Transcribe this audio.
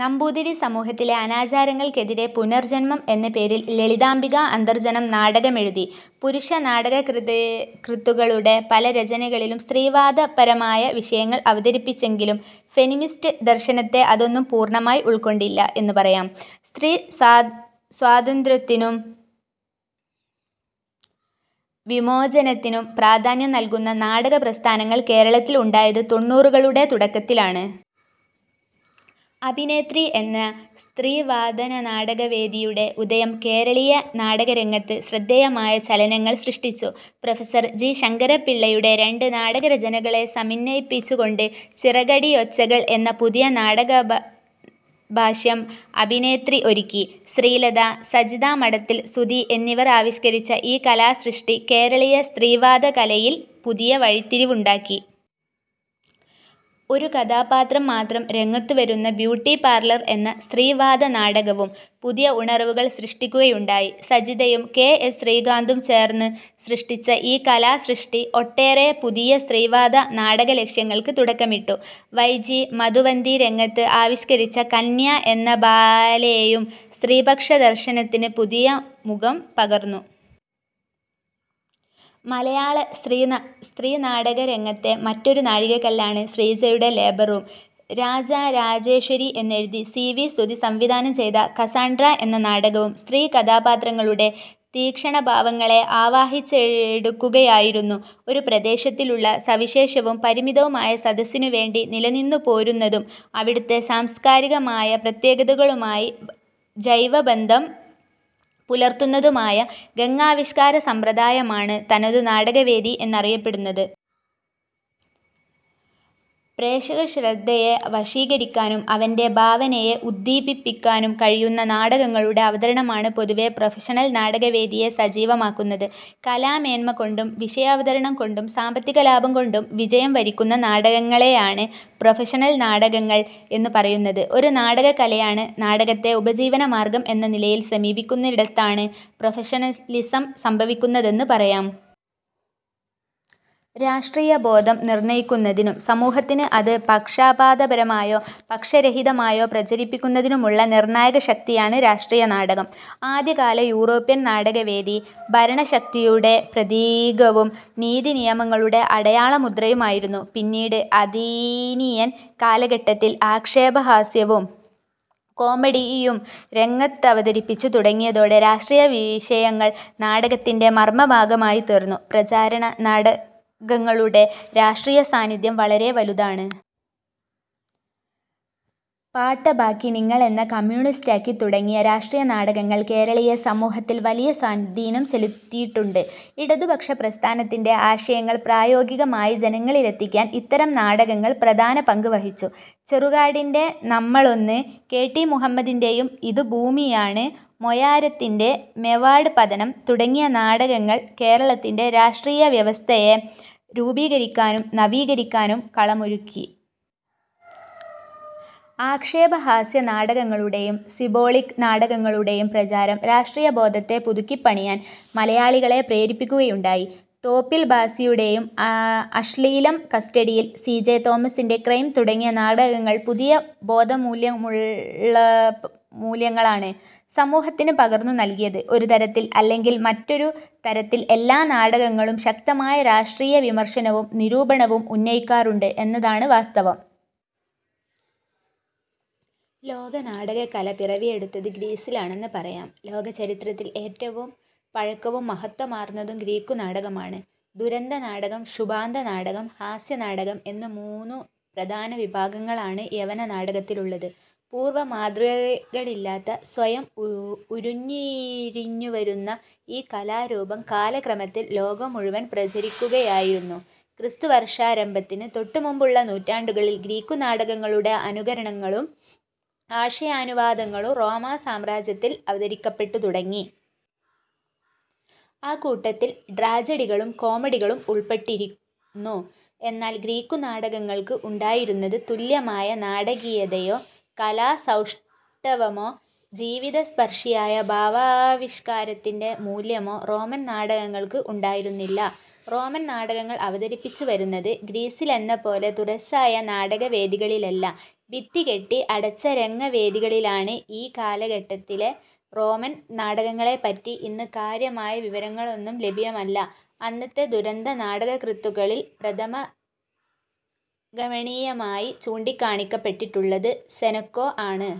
നമ്പൂതിരി സമൂഹത്തിലെ അനാചാരങ്ങൾക്കെതിരെ പുനർജന്മം എന്ന പേരിൽ ലളിതാംബിക അന്തർജനം നാടകമെഴുതി. പുരുഷ നാടകകൃത്തുക്കളുടെ പല രചനകളിലും സ്ത്രീവാദപരമായ വിഷയങ്ങൾ അവതരിപ്പിച്ചെങ്കിലും ഫെമിനിസ്റ്റ് ദർശനത്തെ അതൊന്നും പൂർണമായും ഉൾക്കൊണ്ടില്ല എന്ന് പറയാം. സ്ത്രീ സ്വാതന്ത്ര്യത്തിനും വിമോചനത്തിനും പ്രാധാന്യം നൽകുന്ന നാടകപ്രസ്ഥാനങ്ങൾ കേരളത്തിൽ ഉണ്ടായത് തൊണ്ണൂറുകളുടെ തുടക്കത്തിലാണ്. അഭിനേത്രി എന്ന സ്ത്രീവാദനാടകവേദിയുടെ ഉദയം കേരളീയ നാടകരംഗത്ത് ശ്രദ്ധേയമായ ചലനങ്ങൾ സൃഷ്ടിച്ചു. പ്രൊഫസർ ജി ശങ്കരപ്പിള്ളയുടെ രണ്ട് നാടകരചനകളെ സമന്വയിപ്പിച്ചുകൊണ്ട് ചിറകടിയൊച്ചകൾ എന്ന പുതിയ നാടകഭാഷ്യം അഭിനേത്രി ഒരുക്കി. ശ്രീലത, സജിത മഠത്തിൽ, സുധി എന്നിവർ ആവിഷ്കരിച്ച ഈ കലാസൃഷ്ടി കേരളീയ സ്ത്രീവാദ കലയിൽ പുതിയ വഴിത്തിരിവുണ്ടാക്കി. ഒരു കഥാപാത്രം മാത്രം രംഗത്തുവരുന്ന ബ്യൂട്ടിപാർലർ എന്ന സ്ത്രീവാദ നാടകവും പുതിയ ഉണർവുകൾ സൃഷ്ടിക്കുകയുണ്ടായി. സജിതയും കെ എസ് ശ്രീകാന്തും ചേർന്ന് സൃഷ്ടിച്ച ഈ കലാസൃഷ്ടി, ഒട്ടേറെ പുതിയ സ്ത്രീവാദ നാടകലക്ഷ്യങ്ങൾക്ക് തുടക്കമിട്ടു. വൈ ജി മധുവന്തി രംഗത്ത് ആവിഷ്കരിച്ച കന്യ എന്ന ബാലേയും സ്ത്രീപക്ഷ ദർശനത്തിന് പുതിയ മുഖം പകർന്നു. മലയാള സ്ത്രീ സ്ത്രീനാടകരംഗത്തെ മറ്റൊരു നാഴികക്കല്ലാണ് ശ്രീജയുടെ ലേബർ റൂം. രാജരാജേശ്വരി എഴുതി സി വി സുധി സംവിധാനം ചെയ്ത കസാൻഡ്ര എന്ന നാടകവും സ്ത്രീകഥാപാത്രങ്ങളുടെ തീക്ഷ്ണഭാവങ്ങളെ ആവാഹിച്ചെടുക്കുന്നതായിരുന്നു. ഒരു പ്രദേശത്തിലുള്ള സവിശേഷവും പരിമിതവുമായ സദസ്സിനു വേണ്ടി നിലനിന്നുപോരുന്നതും, അവിടത്തെ സാംസ്കാരികമായ പ്രത്യേകതകളുമായി ജൈവബന്ധം പുലർത്തുന്നതുമായ രംഗാവിഷ്കാര സമ്പ്രദായമാണ് തനതു നാടകവേദി എന്നറിയപ്പെടുന്നത്. പ്രേക്ഷകശ്രദ്ധയെ വശീകരിക്കാനും അവൻ്റെ ഭാവനയെ ഉദ്ദീപിപ്പിക്കാനും കഴിയുന്ന നാടകങ്ങളുടെ അവതരണമാണ് പൊതുവേ പ്രൊഫഷണൽ നാടകവേദിയെ സജീവമാക്കുന്നത്. കലാമേന്മ കൊണ്ടും വിഷയാവതരണം കൊണ്ടും സാമ്പത്തിക ലാഭം കൊണ്ടും വിജയം വരിക്കുന്ന നാടകങ്ങളെയാണ് പ്രൊഫഷണൽ നാടകങ്ങൾ എന്ന് പറയുന്നത്. ഒരു നാടകകലാകാരന് നാടകത്തെ ഉപജീവനമാർഗ്ഗം എന്ന നിലയിൽ സമീപിക്കുന്നിടത്താണ് പ്രൊഫഷണലിസം സംഭവിക്കുന്നതെന്ന് പറയാം. രാഷ്ട്രീയബോധം നിർണയിക്കുന്നതിനും സമൂഹത്തിൽ അത് പക്ഷപാതപരമായോ, പക്ഷരഹിതമായോ പ്രചരിപ്പിക്കുന്നതിനുമുള്ള നിർണായകശക്തിയാണ് രാഷ്ട്രീയ നാടകം. ആദ്യകാല യൂറോപ്യൻ നാടകവേദി ഭരണശക്തിയുടെ പ്രതീകവും നീതിനിയമങ്ങളുടെ അടയാളമുദ്രയുമായിരുന്നു. പിന്നീട്, അഥീനിയൻ കാലഘട്ടത്തിൽ ആക്ഷേപഹാസ്യവും കോമഡിയും രംഗത്തവതരിപ്പിച്ചു തുടങ്ങിയതോടെ, രാഷ്ട്രീയ വിഷയങ്ങൾ നാടകത്തിൻ്റെ മർമഭാഗമായിത്തീർന്നു. പ്രചാരണ നാടകങ്ങളുടെ രാഷ്ട്രീയ സ്വാധീനം വളരെ വലുതാണ്. പാട്ടബാക്കി, നിങ്ങളെന്നെ കമ്യൂണിസ്റ്റാക്കി തുടങ്ങിയ രാഷ്ട്രീയ നാടകങ്ങൾ കേരളീയ സമൂഹത്തിൽ വലിയ സ്വാധീനം ചെലുത്തിയിട്ടുണ്ട്. ഇടതുപക്ഷപ്രസ്ഥാനത്തിൻ്റെ ആശയങ്ങൾ പ്രായോഗികമായി ജനങ്ങളിലെത്തിക്കാൻ ഇത്തരം നാടകങ്ങൾ പ്രധാന പങ്ക് വഹിച്ചു. ചെറുകാടിൻ്റെ നമ്മളൊന്ന്, കെ ടി മുഹമ്മദിൻ്റെ ഇത് ഭൂമിയാണ്, മൊയാരത്തിൻ്റെ മേവാഡ് പതനം തുടങ്ങിയ നാടകങ്ങൾ കേരളത്തിൻ്റെ രാഷ്ട്രീയ വ്യവസ്ഥയെ രൂപീകരിക്കാനും നവീകരിക്കാനും കളമൊരുക്കി. ആക്ഷേപഹാസ്യ നാടകങ്ങളുടെയും സിമ്പോളിക് നാടകങ്ങളുടെയും പ്രചാരം രാഷ്ട്രീയബോധത്തെ പുതുക്കിപ്പണിയാൻ മലയാളികളെ പ്രേരിപ്പിക്കുകയുണ്ടായി. തോപ്പിൽഭാസിയുടെ ആഅശ്ളീലം കസ്റ്റഡിയിൽ, സി ജെ തോമസിൻ്റെ ക്രൈം തുടങ്ങിയ നാടകങ്ങൾ പുതിയ ബോധമൂല്യംലുള്ള മൂല്യങ്ങൾങ്ങളാണ് സമൂഹത്തിന് പകർന്നു നൽകിയത്. ഒരുതരത്തിൽ അല്ലെങ്കിൽ മറ്റൊരു തരത്തിൽ എല്ലാ നാടകങ്ങളും ശക്തമായ രാഷ്ട്രീയ വിമർശനവും നിരൂപണവും ഉന്നയിക്കാറുണ്ട് എന്നതാണ് വാസ്തവം. ലോകനാടകകല പിറവിയെടുത്തത് ഗ്രീസിലാണെന്ന് പറയാം. ലോകചരിത്രത്തിൽ ഏറ്റവും പഴക്കവും മഹത്ത്വവുമാർന്നത് ഗ്രീക്കുനാടകമാണ്. ദുരന്തനാടകം, ശുഭാന്തനാടകം, ഹാസ്യനാടകം എന്ന് മൂന്നു പ്രധാന വിഭാഗങ്ങളാണ് യവന നാടകത്തിലുള്ളത്. പൂർവ മാതൃകകളില്ലാതെ സ്വയം ഉരുത്തിരിഞ്ഞുവന്ന ഈ കലാരൂപം കാലക്രമത്തിൽ ലോകം മുഴുവൻ പ്രചരിക്കുകയായിരുന്നു. ക്രിസ്തുവർഷാരംഭത്തിന് തൊട്ടുമുമ്പുള്ള നൂറ്റാണ്ടുകളിൽ ഗ്രീക്കുനാടകങ്ങളുടെ അനുകരണങ്ങളും ആശയാനുവാദങ്ങളും റോമാ സാമ്രാജ്യത്തിൽ അവതരിക്കപ്പെട്ടു തുടങ്ങി. അക്കൂട്ടത്തിൽ ട്രാജഡികളും കോമഡികളും ഉൾപ്പെട്ടിരുന്നു. എന്നാൽ ഗ്രീക്കുനാടകങ്ങൾക്ക് ഉണ്ടായിരുന്നതിന് തുല്യമായ നാടകീയതയോ കലാസൗഷ്ഠവമോ ജീവിതസ്പർശിയായ ഭാവാവിഷ്കരണത്തിൻ്റെ മൂല്യമോ റോമൻ നാടകങ്ങൾക്ക് ഉണ്ടായിരുന്നില്ല. റോമിൽ നാടകങ്ങൾ അവതരിപ്പിച്ചുവന്നത് ഗ്രീസിലെന്നപോലെ തുറസ്സായ നാടകവേദികളിലല്ല, ഭിത്തികെട്ടി അടച്ച രംഗവേദികളിലാണ്. ഈ കാലഘട്ടത്തിലെ റോമൻ നാടകങ്ങളെപ്പറ്റി ഇന്ന് കാര്യമായ വിവരങ്ങളൊന്നും ലഭ്യമല്ല. അന്നത്തെ ദുരന്ത നാടകകൃത്തുക്കളിൽ പ്രഥമഗണനീയനായി ചൂണ്ടിക്കാണിക്കപ്പെട്ടിട്ടുള്ളത് സെനെക്കാ ആണ്